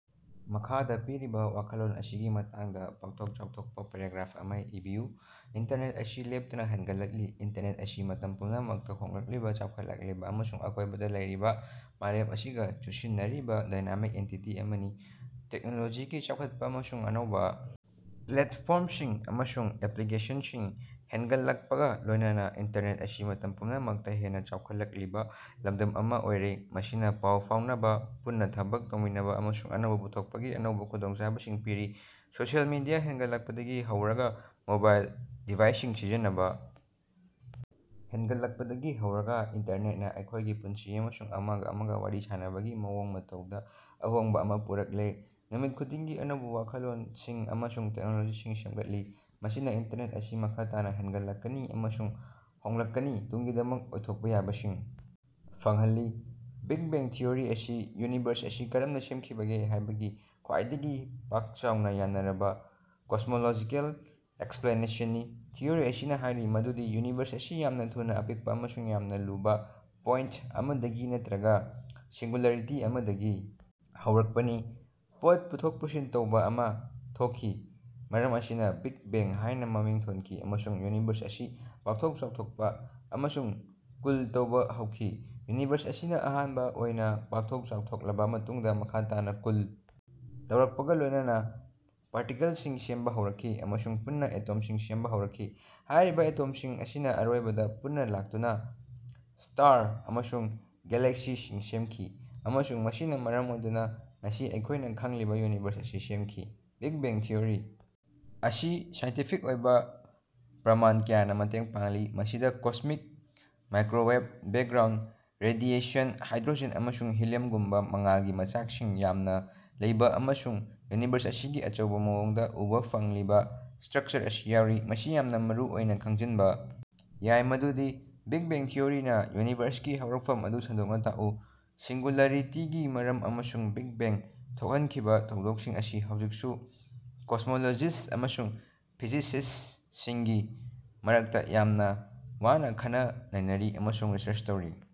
ꯃꯈꯥꯗꯥ ꯄꯤꯔꯤꯕꯥ ꯋꯥꯈꯜꯂꯣꯟ ꯑꯁꯤꯒꯤ ꯃꯇꯥꯡꯗꯥ ꯄꯥꯛꯊꯣꯛ ꯆꯥꯎꯊꯣꯛꯄꯥ ꯄꯦꯔꯥꯒ꯭ꯔꯥꯐ ꯑꯃꯥ ꯏꯕꯤꯌꯨ꯫ ꯏꯟꯇꯔꯅꯦꯠ ꯑꯁꯤ ꯂꯦꯞꯇꯅꯥ ꯍꯦꯟꯒꯠꯂꯛꯂꯤ꯫ ꯏꯟꯇꯔꯅꯦꯠ ꯑꯁꯤ ꯃꯇꯝ ꯄꯨꯝꯅꯃꯛꯇꯥ ꯍꯣꯡꯂꯛꯂꯤꯕꯥ ꯆꯥꯎꯈꯠꯂꯛꯂꯤꯕꯥ ꯑꯃꯁꯨꯡ ꯑꯀꯣꯏꯕꯗꯥ ꯂꯩꯔꯤꯕꯥ ꯃꯥꯂꯦꯝ ꯑꯁꯤꯒꯥ ꯆꯨꯁꯤꯟꯅꯔꯤꯕꯥ ꯗꯥꯏꯅꯥꯃꯤꯛ ꯑꯦꯟꯇꯤꯇꯤ ꯑꯃꯅꯤ꯫ ꯇꯦꯛꯅꯣꯂꯣꯖꯤꯒꯤ ꯆꯥꯎꯈꯠꯄꯥ ꯑꯃꯁꯨꯡ ꯑꯅꯧꯕꯥ ꯄ꯭ꯂꯦꯠꯐꯣꯝꯁꯤꯡ ꯑꯃꯁꯨꯡ ꯑꯦꯄ꯭ꯂꯤꯀꯦꯁꯟꯁꯤꯡ ꯍꯦꯟꯒꯠꯂꯛꯄꯒꯥ ꯂꯣꯏꯅꯅꯥ ꯏꯟꯇꯔꯅꯦꯠ ꯑꯁꯤ ꯃꯇꯝ ꯄꯨꯝꯅꯃꯛꯇꯥ ꯍꯦꯟꯅꯥ ꯆꯥꯎꯈꯠꯂꯛꯂꯤꯕꯥ ꯂꯝꯗꯝ ꯑꯃꯥ ꯑꯣꯏꯔꯦ ꯃꯁꯤꯅꯥ ꯄꯥꯎ ꯐꯥꯎꯅꯕꯥ ꯄꯨꯟꯅꯥ ꯊꯕꯛ ꯇꯧꯃꯤꯟꯅꯕꯥ ꯑꯃꯁꯨꯡ ꯑꯅꯧꯕꯥ ꯄꯨꯊꯣꯛꯄꯒꯤ ꯑꯅꯧꯕꯥ ꯈꯨꯗꯣꯡꯆꯥꯕꯁꯤꯡ ꯄꯤꯔꯤ꯫ ꯁꯣꯁꯤꯌꯦꯜ ꯃꯤꯗꯤꯌꯥ ꯍꯦꯟꯒꯠꯂꯛꯄꯗꯒꯤ ꯍꯧꯔꯒꯥ ꯃꯣꯕꯥꯏꯜ ꯗꯤꯚꯥꯏꯁꯁꯤꯡ ꯁꯤꯖꯤꯟꯅꯕꯥ ꯍꯦꯟꯒꯠꯂꯛꯄꯗꯒꯤ ꯍꯧꯔꯒꯥ ꯏꯟꯇꯔꯅꯦꯠꯅꯥ ꯑꯩꯈꯣꯏꯒꯤ ꯄꯨꯟꯁꯤ ꯑꯃꯁꯨꯡ ꯑꯃꯒ ꯑꯃꯒ ꯋꯥꯔꯤ ꯁꯥꯅꯕꯒꯤ ꯃꯑꯣꯡ ꯃꯇꯧꯗ ꯑꯍꯣꯡꯕ ꯑꯃ ꯄꯨꯔꯛꯂꯦ꯫ ꯅꯨꯃꯤꯠ ꯈꯨꯗꯤꯡꯒꯤ ꯑꯅꯧꯕ ꯋꯥꯈꯜꯂꯣꯟꯁꯤꯡ ꯑꯃꯁꯨꯡ ꯇꯦꯛꯅꯣꯂꯣꯖꯤꯁꯤꯡ ꯁꯦꯝꯒꯠꯂꯤ꯫ ꯃꯁꯤꯅ ꯏꯟꯇꯔꯅꯦꯠ ꯑꯁꯤ ꯃꯈꯥ ꯇꯥꯅ ꯍꯦꯡꯒꯠꯂꯛꯀꯅꯤ ꯑꯃꯁꯨꯡ ꯍꯣꯡꯂꯛꯀꯅꯤ ꯇꯨꯡꯒꯤꯗꯃꯛ ꯑꯣꯏꯊꯣꯛꯄ ꯌꯥꯕꯁꯤꯡ ꯐꯪꯍꯜꯂꯤ꯫ ꯕꯤꯛ ꯕꯦꯡ ꯊꯤꯑꯣꯔꯤ ꯑꯁꯤ ꯌꯨꯅꯤꯚꯔꯁ ꯑꯁꯤ ꯀꯔꯝꯅꯥ ꯁꯦꯝꯈꯤꯕꯒꯦ ꯍꯥꯏꯕꯒꯤ ꯈ꯭ꯋꯥꯏꯗꯒꯤ ꯄꯥꯛ ꯆꯥꯎꯅꯥ ꯌꯥꯅꯔꯕꯥ ꯀꯣꯁꯃꯣꯂꯣꯖꯤꯀꯦꯜ ꯑꯦꯛꯁꯄ꯭ꯂꯦꯅꯦꯁꯟꯅꯤ꯫ ꯊꯤꯑꯣꯔꯤ ꯑꯁꯤꯅꯥ ꯍꯥꯏꯔꯤ ꯃꯗꯨꯗꯤ ꯌꯨꯅꯤꯚꯔꯁ ꯑꯁꯤ ꯌꯥꯝꯅꯥ ꯊꯨꯅꯥ ꯑꯄꯤꯛꯄꯥ ꯑꯃꯁꯨꯡ ꯌꯥꯝꯅꯥ ꯂꯨꯕꯥ ꯄꯣꯏꯟꯠ ꯑꯃꯗꯒꯤ ꯅꯠꯇ꯭ꯔꯒꯥ ꯁꯤꯡꯒꯨꯂꯥꯔꯤꯇꯤ ꯑꯃꯗꯒꯤ ꯍꯧꯔꯛꯄꯅꯤ꯫ ꯄꯣꯠ ꯄꯨꯊꯣꯛ ꯄꯨꯁꯤꯟ ꯇꯧꯕꯥ ꯑꯃꯥ ꯊꯣꯛꯈꯤ ꯃꯔꯝ ꯑꯁꯤꯅꯥ ꯕꯤꯒ ꯕꯦꯡ ꯍꯥꯏꯅꯥ ꯃꯃꯤꯡ ꯊꯣꯟꯈꯤ ꯑꯃꯁꯨꯡ ꯌꯨꯅꯤꯚꯔꯁ ꯑꯁꯤ ꯄꯥꯛꯊꯣꯛ ꯆꯥꯎꯊꯣꯛꯄꯥ ꯑꯃꯁꯨꯡ ꯀꯨꯜ ꯇꯧꯕꯥ ꯍꯧꯈꯤ꯫ ꯌꯨꯅꯤꯚꯔꯁ ꯑꯁꯤꯅꯥ ꯑꯍꯥꯟꯕꯥ ꯑꯣꯏꯅꯥ ꯄꯥꯛꯊꯣꯛ ꯆꯥꯎꯊꯣꯛꯂꯕꯥ ꯃꯇꯨꯡꯗꯥ ꯃꯈꯥ ꯇꯥꯅꯥ ꯀꯨꯜ ꯇꯧꯔꯛꯄꯒꯥ ꯂꯣꯏꯅꯅꯥ ꯄꯥꯔꯇꯤꯀꯜꯁꯤꯡ ꯁꯦꯝꯕꯥ ꯍꯧꯔꯛꯈꯤ ꯑꯃꯁꯨꯡ ꯄꯨꯟꯅꯥ ꯑꯦꯇꯣꯝꯁꯤꯡ ꯁꯦꯝꯕꯥ ꯍꯧꯔꯛꯈꯤ꯫ ꯍꯥꯏꯔꯤꯕꯥ ꯑꯦꯇꯣꯝꯁꯤꯡ ꯑꯁꯤꯅꯥ ꯑꯔꯣꯏꯕꯗꯥ ꯄꯨꯟꯅꯥ ꯂꯥꯛꯇꯨꯅꯥ ꯁ꯭ꯇꯥꯔ ꯑꯃꯁꯨꯡ ꯒꯦꯂꯦꯛꯁꯤꯁꯤꯡ ꯁꯦꯝꯈꯤ ꯑꯃꯁꯨꯡ ꯃꯁꯤꯅꯥ ꯃꯔꯝ ꯑꯣꯏꯗꯨꯅꯥ ꯉꯁꯤ ꯑꯩꯈꯣꯏꯅꯥ ꯈꯪꯂꯤꯕꯥ ꯌꯨꯅꯤꯚꯔꯁ ꯑꯁꯤ ꯁꯦꯃꯈꯤ꯫ ꯕꯤꯒ ꯕꯦꯡ ꯊꯤꯑꯣꯔꯤ ꯑꯁꯤ ꯁꯥꯏꯟꯇꯤꯐꯤꯛ ꯑꯣꯏꯕꯥ ꯄ꯭ꯔꯃꯥꯟ ꯀꯌꯥꯅꯥ ꯃꯇꯦꯡ ꯄꯥꯡꯂꯤ ꯃꯁꯤꯗꯥ cosmic microwave background radiation hydrogen ꯑꯃꯁꯨꯡ ꯍꯤꯂꯤꯌꯝꯒꯨꯝꯕꯥ ꯃꯉꯥꯜꯒꯤ ꯃꯆꯥꯛꯁꯤꯡ ꯌꯥꯝꯅꯥ ꯂꯩꯕꯥ ꯑꯃꯁꯨꯡ ꯌꯨꯅꯤꯚꯔꯁ ꯑꯁꯤꯒꯤ ꯑꯆꯧꯕꯥ ꯃꯑꯣꯡꯗꯥ ꯎꯕꯥ ꯐꯪꯂꯤꯕꯥ ꯁ꯭ꯇꯔꯛꯆꯔ ꯑꯁꯤ ꯌꯥꯎꯔꯤ꯫ ꯃꯁꯤ ꯌꯥꯝꯅꯥ ꯃꯔꯨꯑꯣꯏꯅꯥ ꯈꯪꯖꯤꯟꯕꯥ ꯌꯥꯏ ꯃꯗꯨꯗꯤ ꯕꯤꯛ ꯕꯦꯡ ꯊꯤꯑꯣꯔꯤꯅꯥ ꯌꯨꯅꯤꯚꯔꯁꯀꯤ ꯍꯧꯔꯛꯐꯝ ꯑꯗꯨ ꯁꯟꯗꯣꯛꯅꯥ ꯇꯥꯛꯏ꯫ ꯁꯤꯡꯒꯨꯂꯥꯔꯤꯇꯤꯒꯤ ꯃꯔꯝ ꯑꯃꯁꯨꯡ ꯕꯤꯒ ꯕꯦꯡ ꯊꯣꯛꯍꯟꯈꯤꯕꯥ ꯊꯧꯗꯣꯛꯁꯤꯡ ꯑꯁꯤ ꯍꯧꯖꯤꯛꯁꯨ ꯀꯣꯁ꯭ꯃꯣꯂꯣꯖꯤꯁ꯭ꯠ ꯑꯃꯁꯨꯡ ꯐꯤꯖꯤꯁꯤꯁ꯭ꯇꯁꯤꯡꯒꯤ ꯃꯔꯛꯇꯥ ꯌꯥꯝꯅꯥ ꯋꯥꯅꯥ ꯈꯟꯅ ꯅꯩꯅꯔꯤ ꯑꯃꯁꯨꯡ ꯔꯤꯁꯔꯆ ꯇꯧꯔꯤ꯫